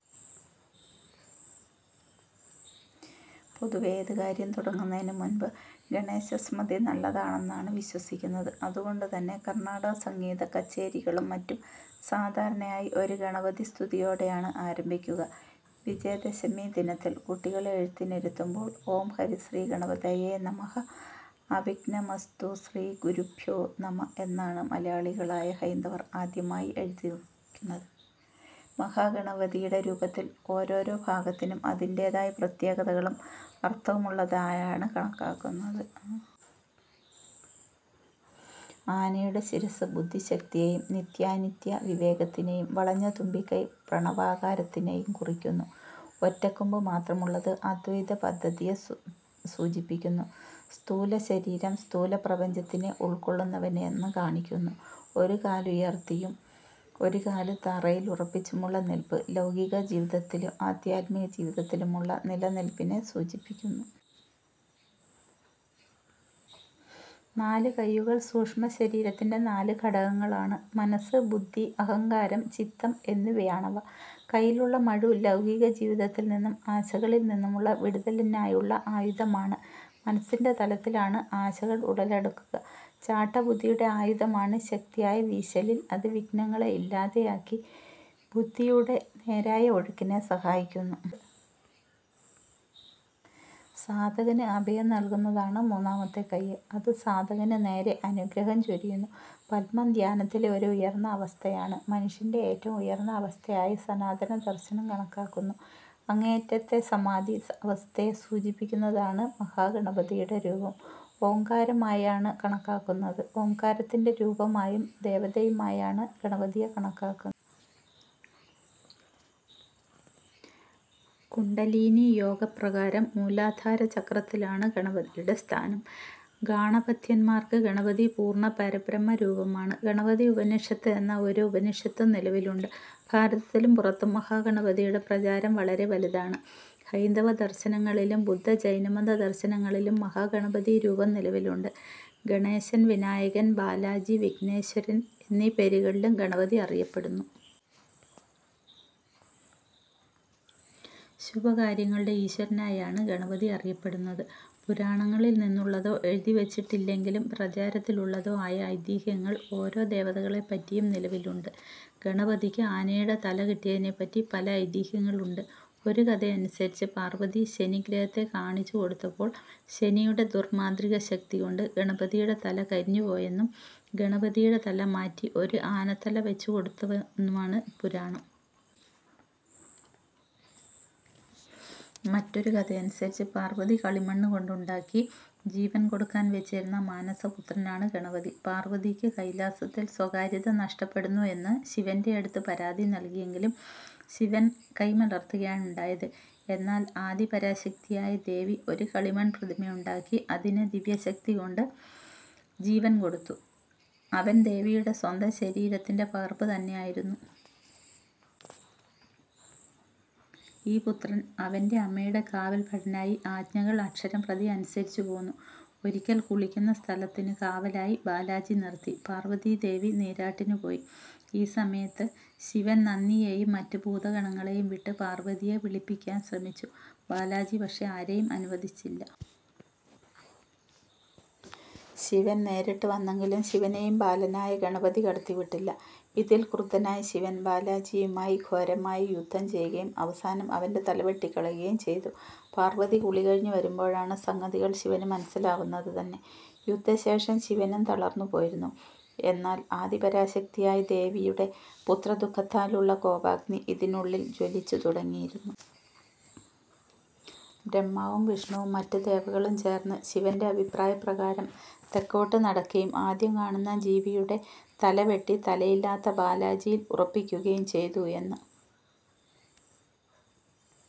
പൊതുവേ ഏതുകാര്യം തുടങ്ങുന്നതിനു മുൻപും ഗണേശ സ്മൃതി നല്ലതാണേന്നാണ് വിശ്വസിയ്ക്കുന്നത്. അതുകൊണ്ട് തന്നെ കർണ്ണാടകസംഗീതകച്ചേരികളും മറ്റും സാധാരണയായി ഒരു ഗണപതിസ്തുതിയോടേയാണ് ആരംഭിയ്ക്കുക. വിജയദശമി ദിനത്തിൽ കുട്ടികളെ എഴുത്തിനിരുത്തുമ്പോൾ ഓം ഹരി ശ്രീ ഗണപതയേ നമഃഅവിഘ്നമസ്തു ശ്രീ ഗുരുഭ്യോ നമഃഎന്നാണ് മലയാളികളായ ഹൈന്ദവർ ആദ്യമായി എഴുതിയ്ക്കുന്നത്. മഹാഗണപതിയുടെ രൂപത്തിന്റെ ഓരോരോ ഭാഗത്തിനും അതിന്റേതായ പ്രത്യേകതകളും അർത്ഥവുമുള്ളതായാണ് കണക്കാക്കുന്നത്. ആനയുടെ ശിരസ്സ് ബുദ്ധിശക്തിയേയും നിത്യാനിത്യ വിവേകത്തിനേയും വളഞ്ഞ തുമ്പിക്കൈ പ്രണവാകാരത്തിനേയും കുറിയ്ക്കുന്നു ഒറ്റക്കൊമ്പ് മാത്രമുള്ളത് അദ്വൈത ചിന്താ പദ്ധതിയെ സൂചിപ്പിയ്ക്കുന്നു. സ്ഥൂല ശരീരം സ്ഥൂല പ്രപഞ്ചത്തിനെ ഉൾക്കൊള്ളുന്നവനെന്ന് കാണിയ്ക്കുന്നു. ഒരു കാലുയർത്തിയും ഒരു കാല് തറയ്ലുറപ്പിച്ചുമുള്ള നിൽപ്പ് ലൗകിക ജീവിതത്തിലും അദ്ധ്യാത്മിക ജീവിതത്തിലുമുള്ള നിലനിൽപ്പിനെ സൂചിപ്പിയ്ക്കുന്നു. നാലു കയ്യുകൾ സൂക്ഷ്മ ശരീരത്തിന്റെ നാല് ഘടകങ്ങളാണ് മനസ്സ്, ബുദ്ധി, അഹംകാരം, ചിത്തം എന്നിവയാണവ. കയ്യിലുള്ള മഴു ലൗകിക ജീവിതത്തിൽ നിന്നും ആശകളിൽ നിന്നുമുള്ള വിടുതലിനായുള്ള ആയുധമാണ്. മനസ്സിന്റെ തലത്തിലാണ് ആശകൾ ഉടലെടുക്കുക. ചാട്ട ബുദ്ധിയുടെ ആയുധമാണ്. ശക്തിയായ വീശലിൽ അത് വിഘ്നങ്ങളെ ഇല്ലാതെയാക്കി ബുദ്ധിയുടെ നേരായ ഒഴുക്കിനെ സഹായിയ്ക്കുന്നു. സാധകന് അഭയം നൽകുന്നതാണ് മൂന്നാമത്തെ കയ്യ്.. അത് സാധകനു നേരെ അനുഗ്രഹം ചൊരിയുന്നു. പദ്മം ധ്യാനത്തിലെ ഒരു ഉയർന്ന അവസ്ഥയാണ്. മനുഷ്യന്റെ ഏറ്റവും ഉയർന്ന അവസ്ഥയായി സനാതന ദർശനം കണക്കാക്കുന്ന, അങ്ങേയറ്റത്തെ സമാധി അവസ്ഥയെ സൂചിപ്പിയ്ക്കുന്നതാണത് മഹാ ഗണപതിയുടെ രൂപം ഓംകാരമായാണ് കണക്കാക്കുന്നത്. ഓംകാരത്തിന്റെ രൂപമായും ദേവതയായുമാണ് ഗണപതിയെ കണക്കാക്കുന്നത്. കുണ്ഡലിനീ യോഗപ്രകാരം മൂലാധാര ചക്രത്തിലാണ് ഗണപതിയുടെ സ്ഥാനം. ഗാണപത്യന്മാർക്ക് ഗണപതി പൂർണ്ണ പരബ്രഹ്മ രൂപമാണ്. ഗണപതി ഉപനിഷത്ത് എന്ന ഒരു ഉപനിഷത്തും നിലവിലുണ്ട് ഭാരതത്തിലും പുറത്തും മഹാഗണപതിയുടെ പ്രചാരം വളരെ വലുതാണ്. ഹൈന്ദവ ദർശനങ്ങളിലും ബുദ്ധ, ജൈനമത ദർശനങ്ങളിലും മഹാ ഗണപതീ രൂപം നിലവിലുണ്ട്. ഗണേശൻ, വിനായകൻ, ബാലാജി, വിഘ്നേശ്വരൻ എന്നീ പേരുകളിലും ഗണപതി അറിയപ്പെടുന്നു. ശുഭകാര്യങ്ങളുടെ ഈശ്വരനായാണു ഗണപതി അറിയപ്പെടുന്നത്. പുരാണങ്ങളിൽ നിന്നുള്ളതോ എഴുതിവച്ചിട്ടില്ലെങ്കിലും പ്രാചാരത്തിലുള്ളതോ ആയ ഐതിഹ്യങ്ങൾ ഓരോ ദേവതകളെപ്പറ്റിയും നിലവിലുണ്ട്. ഗണപതിക്കു ആനയുടെ തല കിട്ടിയതിനെപ്പറ്റി പല ഐതിഹ്യങ്ങളുണ്ട്. ഒരു കഥയനുസരിച്ച് പാർവതി ശനി ഗ്രഹത്തെ കാണിച്ചു കൊടുത്തപ്പോൾ ശനിയുടെ ദുർമാന്ത്രികശക്തികൊണ്ട് ഗണപതിയുടെ തല കരിഞ്ഞുപോയെന്നും ഗണപതിയുടെ തല മാറ്റി ഒരു ആനത്തല വയ്ച്ചുകൊടുത്തുവെന്നുമാണ് പുരാണം. മറ്റൊരുകഥയനുസരിച്ച് പാർവ്വതി കളിമണ്ണുകൊണ്ട് ഉണ്ടാക്കി ജീവൻ കൊടുക്കാൻ വെച്ചിരുന്ന മാനസപുത്രനാണ് ഗണപതി. പാർവതിയ്ക്കു കൈലാസത്തിൽ സ്വകര്യത നഷ്ടപ്പെടുന്നു എന്ന് ശിവന്റെയടുത്തു പരാതി നൽകിയെങ്കിലും ശിവൻ കൈ മലർത്തുകയാണുണ്ടായത്, എന്നാൽ ആദി പരാശക്തിയായ ദേവി ഒരു കളിമൺ പ്രതിമയുണ്ടാക്കി അതിനു ദിവ്യശക്തികൊണ്ടു ജീവൻ കൊടുത്തു. അവൻ ദേവിയുടെ സ്വന്തം ശരീരത്തിന്റെ പകർപ്പു തന്നെയായിരുന്നു. ഈ പുത്രൻ അവന്റെ അമ്മയുടെ കാവൽ ഭടനായി ആജ്ഞകൾ അക്ഷരം പ്രതി അനുസരിച്ചു പോന്നു. ഒരിയ്കൽ കുളിക്കുന്ന സ്ഥലത്തിനു കാവലായി ബാലാജി നിർത്തി പാർവതി ദേവി നീരാട്ടിനു പോയി. ഈ സമയത്തു ശിവൻ നന്ദിയെയും മറ്റു ഭൂതഗണങ്ങളെയും വിട്ടു പർവതിയെ വിളിപ്പിയ്ക്കാൻ ശ്രമിച്ചു. ബാലാജി പക്ഷെ ആരെയും അനുവദിച്ചില്ല. ശിവൻ നേരിട്ടു വന്നെങ്കിലും ശിവനെയും ബാലനായ ഗണപതി കടത്തിവിട്ടില്ല. ഇതിൽ ക്രുദ്ധനായ ശിവൻ ബാലാജിയുമായി ഘോരമായ യുദ്ധം ചെയ്യുകയും അവസാനം അവന്റെ തലവെട്ടിക്കളയുകയും ചെയ്തു. പാർവതി കുളികഴിഞ്ഞു വരുമ്പോഴാണു സംഗതികൾ ശിവനു മനസ്സിലാവുന്നതു തന്നെ. യുദ്ധ ശേഷം ശിവനും തളർന്നു പോയിരുന്നു. എന്നാൽ ആദിപരാശക്തിയായ ദേവിയുടെ പുത്രദുഃഖത്താലുള്ള കോപഗ്നി ഇതിനുള്ളിൽ ജ്വലിച്ചു തുടങ്ങിയിരുന്നു. ബ്രഹ്മാവും വിഷ്ണുവും മറ്റു ദേവകളും ചേർന്ന് ശിവന്റെ അഭിപ്രായപ്രകാരം തെക്കോട്ട് നടക്കുകയും ആദ്യം കാണുന്ന ജീവിയുടെ തല വെട്ടി തലയില്ലാത്ത ബാലാജിയിൽ ഉറപ്പിക്കുകയും ചെയ്തു എന്ൻ